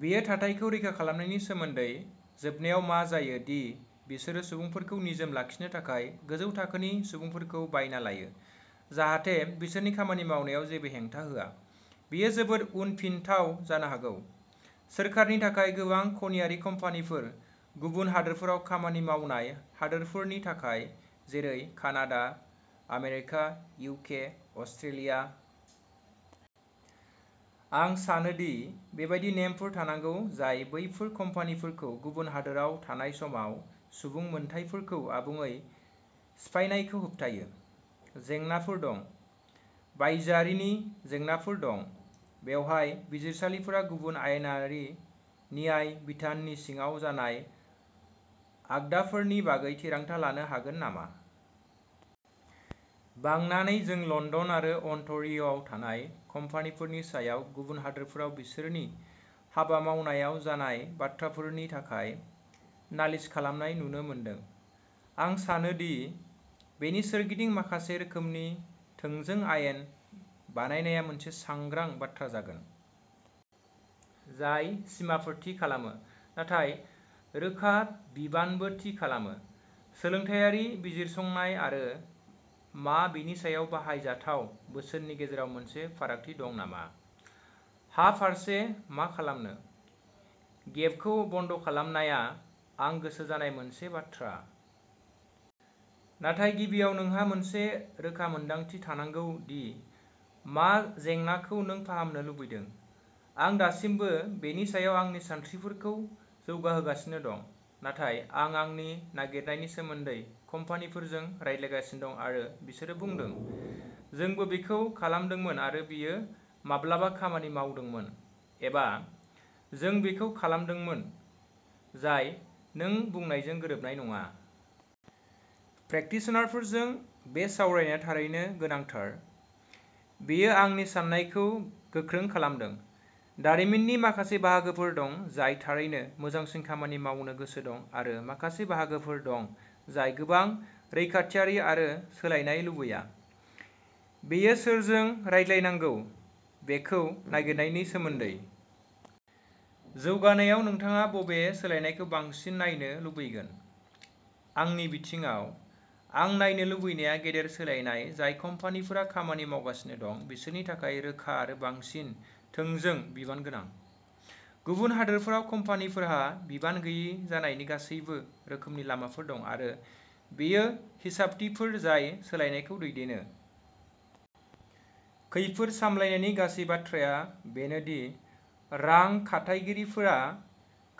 बेयो थाथायखौ रैखा खालामनायनि सोमोन्दै, जोबनायाव मा जायो दि बिसोरो सुबुंफोरखौ निजोम लाखिनो थाखाय गोजौ थाखोनि सुबुंफोरखौ बायना लायो, जाहाथे बिसोरो खामानि मावनायाव हेंथा होआ। बेयो जोबोद उनफिनथाव जानो हागौ। सोरखारनि थाखाय गोबां खनियारि कम्पानिफोर गुबुन हादोरफोराव खामानि मावनाय हादोरफोरनि थाखाय, जेरै कानाडा, आमेरिका, इउके, अस्ट्रेलिया । आं सानो दि बेबादि नेमफोर थानांगौ जाय बेफोर कम्पानिफोरखौ गुबुन हादोराव थानाय समाव सुबुं मोनथायफोरखौ आबुङै सिफायनायखौ होबथायो। जेंनाफोर दं, बायजोआरिनि जेंनाफोर दं, बेवहाय बिजिरसालिफोरा गुबुन आयेनारि न्याय बिधाननि सिङाव जानाय आयदाफोरनि बागै थिरांथा लानो हागोन नामा? बांनानै जों लण्डन आरो अन्टारिय'आव थानाय कम्पानिफोरनि सायाव गुबुन हादोरफोराव बिसोरनि हाबा मावनायाव जानाय बाथ्राफोरनि थाखाय नालिस खालामनाय नुनो मोनदों। आं सानो दि बेनि सोरगिदिं माखासे रोखोमनि थोंजों आयेन बानायनाया मोनसे सांग्रां बाथ्रा जागोन। जाय सिमाफोर थि खालामो, नाथाय रोखा बिबानबो थि खालामो। सोलोंथायारि बिजिरसंनाय आरो मा बेनि सायाव बाहायजाथाव बोसोननि गेजेराव मोनसे फारागथि दं नामा? हा फारसे मा खालामनो? गेपखौ बन्द खालामनाया आं गोसो जानाय मोनसे बाथ्रा। नाथाय गिबियाव नोंहा मोनसे रोखा मोनदांथि थानांगौ दि मा जेंनाखौ नों फाहामनो लुबैदों। आं दासिमबो बेनि सायाव आंनि सानस्रिफोरखौ जौगाहोगासिनो दं। नाथाय आं आंनि नागिरनायनि सोमोन्दै कम्पानिफोरजों रायज्लायगासिनो दं आरो बिसोरो बुंदों, "जोंबो बेखौ खालामदोंमोन आरो बेयो माब्लाबा खामानि मावदोंमोन", एबा "जों बेखौ खालामदोंमोन, जाय नों बुंनायजों गोरोबनाय नङा।" प्रेकटिशनारफोरजों बे सावरायनाया थारैनो गोनांथार, बेयो आंनि साननायखौ गोख्रों खालामदों। दारिमिननि माखासे बाहागोफोर दं जाय थारैनो मोजांसिन खामानि मावनो गोसो दं आरो माखासे बाहागोफोर दं जाय गोबां रैखाथियारि आरो सोलायनाय लुबैया। बेयो सोरजों रायज्लायनांगौ बेखौ नागिरनायनि सोमोन्दै। जौगानायाव नोंथाङा बबे सोलायनायखौ बांसिन नायनो लुबैगोन? आंनि बिथिङाव, आं नायनो लुबैनाया गेदेर सोलायनाय जाय कम्पानिफोरा खामानि मावगासिनो दं बिसोरनि थाखाय रोखा आरो बांसिन थोंजों बिबानगोनां। गुबुन हादोरफोराव कम्पानिफोरहा बिबान गैयै जानायनि गासैबो रोखोमनि लामाफोर दं आरो बेयो हिसाबथिफोर जाय सोलायनायखौ दैदेनो। खैफोद सामलायनायनि गासै बाथ्राया बेनो दि रां खाथायगिरिफोरा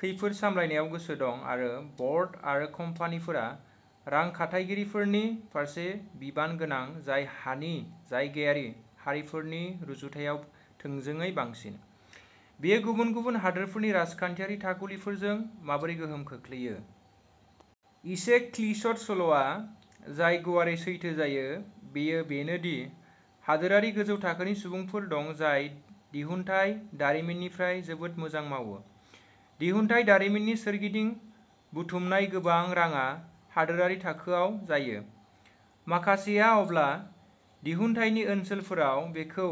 खैफोद सामलायनायाव गोसो दं आरो ब'र्ड आरो कम्पानिफोरा रां खाथायगिरिफोरनि फारसे बिबान गोनां जाय हानि जायगायारि हारिफोरनि रुजुनायाव थोंजोङै बांसिन। बेयो गुबुन गुबुन हादोरफोरनि राजखान्थियारि थाखुलिफोरजों माबोरै गोहोम गोग्लैयो? एसे क्लिचड सल'आ जाय गुवारै सैथो जायो बेयो बेनो दि हादोरारि गोजौ थाखोनि सुबुंफोर दं जाय दिहुनथाय दारिमिननिफ्राय जोबोद मोजां मावो। दिहुनथाय दारिमिननि सोरगिदिं बुथुमनाय गोबां रांआ हादोरारि थाखोआव जायो। माखासेहा अब्ला दिहुनथायनि ओनसोलफोराव बेखौ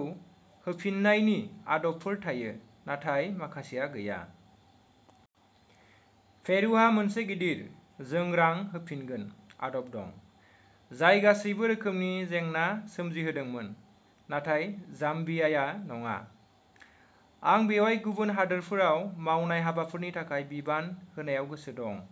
होफिन्नायनि आदबफोर थायो, नाथाय माखासेहा गैया। पेरुहा मोनसे गिदिर "जों रां होफिनगोन" आदब दं, जाय गासैबो रोखोमनि जेंना सोमजिहोदोंमोन, नाथाय जाम्बियाया नङा। आं बेयाव गुबुन हादोरफोराव मावनाय हाबाफोरनि थाखाय बिबान होनायाव गोसो दं।